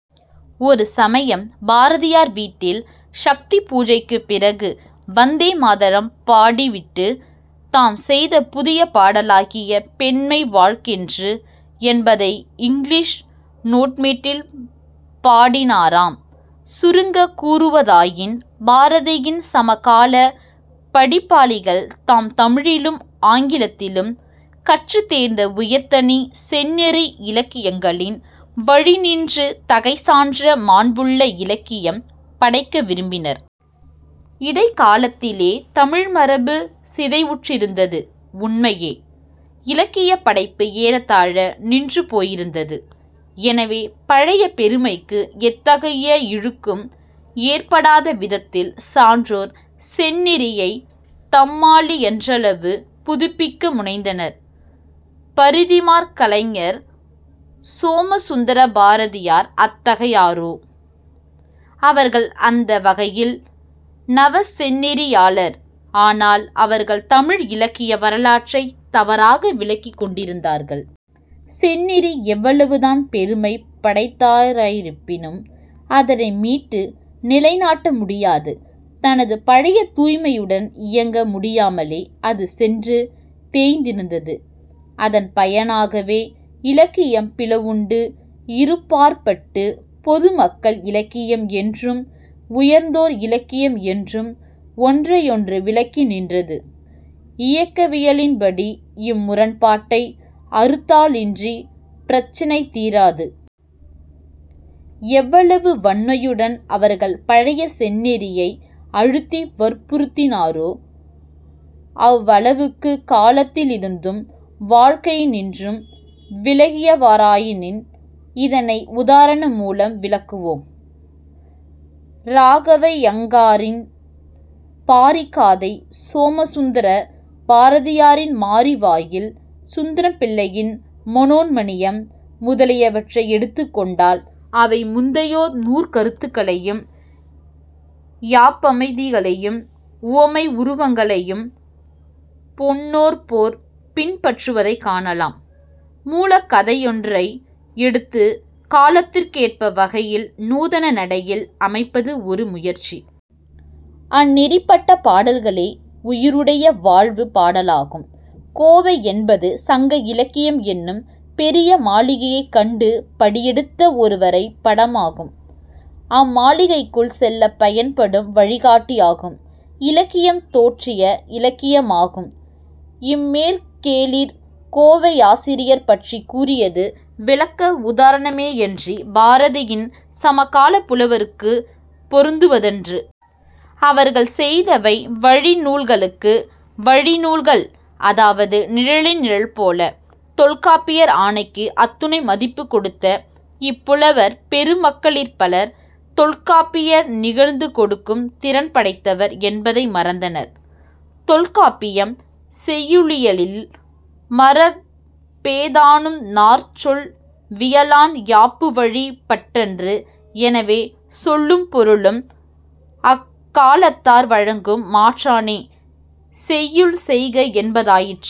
ஒரு சமயம் பாரதியார் வீட்டில் சக்தி பூஜைக்குப் பிறகு "வந்தே மாதரம்" பாடிவிட்டு, "தாம் செய்த புதிய பாடலாகிய 'பெண்மை வாழ்கென்று' என்பதை இங்கிலீஷ் "நோட்மெட்டில்" பாடினாராம்.। சுருங்கக் கூறுவதாயின் பாரதியின் சமகாலப் படிப்பாளிகள் தாம் தமிழிலும் ஆங்கிலத்திலும் கற்றுத்தேர்ந்த உயர்தனிச் செந்நெறி இலக்கியங்களின் வழிநின்று தகை சான்ற மாண்புள்ள-இலக்கியம் படைக்க விரும்பினர். இடைக்காலத்திலே தமிழ் மரபு சிதைவுற்றிருந்தது உண்மையே. இலக்கியப் படைப்பு ஏறத்தாழ நின்று போயிருந்தது. எனவே பழைய பெருமைக்கு எத்தகைய இழுக்கும் ஏற்படாத விதத்தில் சான்றோர் செந்நெறியைத் தம்மாலியன்றளவு புதுப்பிக்க முனைந்தனர். பரிதிமாற் கலைஞர், சோமசுந்தர பாரதியார் அத்தகையோரே. அவர்கள் அந்த வகையில் நவசெந்நெறியாளர். ஆனால் அவர்கள் தமிழ் இலக்கிய வரலாற்றைத் தவறாக விளங்கிக் கொண்டிருந்தார்கள். செந்நெறி எவ்வளவு தான் பெருமை படைத்தாராயிருப்பினும், அதனை மீட்டும் நிலைநாட்ட முடியாது. தனது பழைய 'தூய்மை'யுடன் இயங்க முடியாமலே அது சென்று தேய்ந்திருந்தது. அதன் பயனாகவே இலக்கியம் பிளவுண்டு இருபாற்பட்டு, பொதுமக்கள் இலக்கியம் என்றும், உயர்ந்தோர் இலக்கியம் என்றும் ஒன்றையொன்று விலக்கி நின்றது. இயக்கவியலின்படி இம் முரண்பாட்டை அறுத்தாலன்றிப் பிரச்சினை தீராது. எவ்வளவு வன்மையுடன் அவர்கள் பழைய செந்நெறியை அழுத்தி வற்புறுத்தினரோ அவ்வளவுக்குக் காலத்திலிருந்தும் வாழ்க்கையினின்றும் விலகியவராயினர். இதனை உதாரணமூலம் விளக்குவோம். இராகவையங்காரின் பாரிகாதை, சோமசுந்தர பாரதியாரின் மாரிவாயில், சுந்தரம்பிள்ளையின் மனோன்மணீயம், முதலியவற்றை எடுத்துக்கொண்டால், அவை முந்தையோர் நூற்கருத்துக்களையும், யாப்பமைதிகளையும், உவமை உருவங்களையும் பொன்னேபோற் பின்பற்றுவதைக் காணலாம். மூலக் கதையொன்றை எடுத்துக் காலத்துக்கேற்ற வகையில் நூதன நடையில் அமைப்பது ஒரு முயற்சி. அந்நெறிப்பட்ட பாடல்களே உயிருடைய வாழ்வுப் பாடலாகும்... கோவை என்பது சங்க இலக்கியம் என்னும் பெரிய மாளிகையைக் கண்டு படியெடுத்த ஒரு வரைப் படமாகும்; அம்மாளிகைக்குள் செல்லப் பயன்படும் வழிகாட்டியாகும்; இலக்கியம் தோற்றிய இலக்கியமாகும். " இம்மேற்கோளிற் கோவையாசிரியர் பற்றிக் கூறியது விளக்க உதாரணமேயன்றிப் பாரதியின் சமகாலப் புலவர்க்குப் பொருந்துவதன்று. அவர்கள் செய்தவை வழிநூல்களக்கு வழிநூல்கள். அதாவது நிழலின் நிழல்போல! தொல்காப்பியர் ஆணைக்கு அத்துணை மதிப்புக் கொடுத்த இப்புலவர் பெருமக்களிற் பலர் தொல்காப்பியர் நெகிழ்ந்துகொடுக்கும் திறன் படைத்தவர் என்பதை மறந்தனர். தொல்காப்பியம் செய்யுளியலில், "மரபேதானும் நாற் சொல் வியலான் யாப்புவழிப் பட்டன்று" "எனவே, சொல்லும் பொருளும் அவ்வக்காலத்தார் வழங்கு மாற்றானே செய்யுள் செய்க என்பதாயிற்று.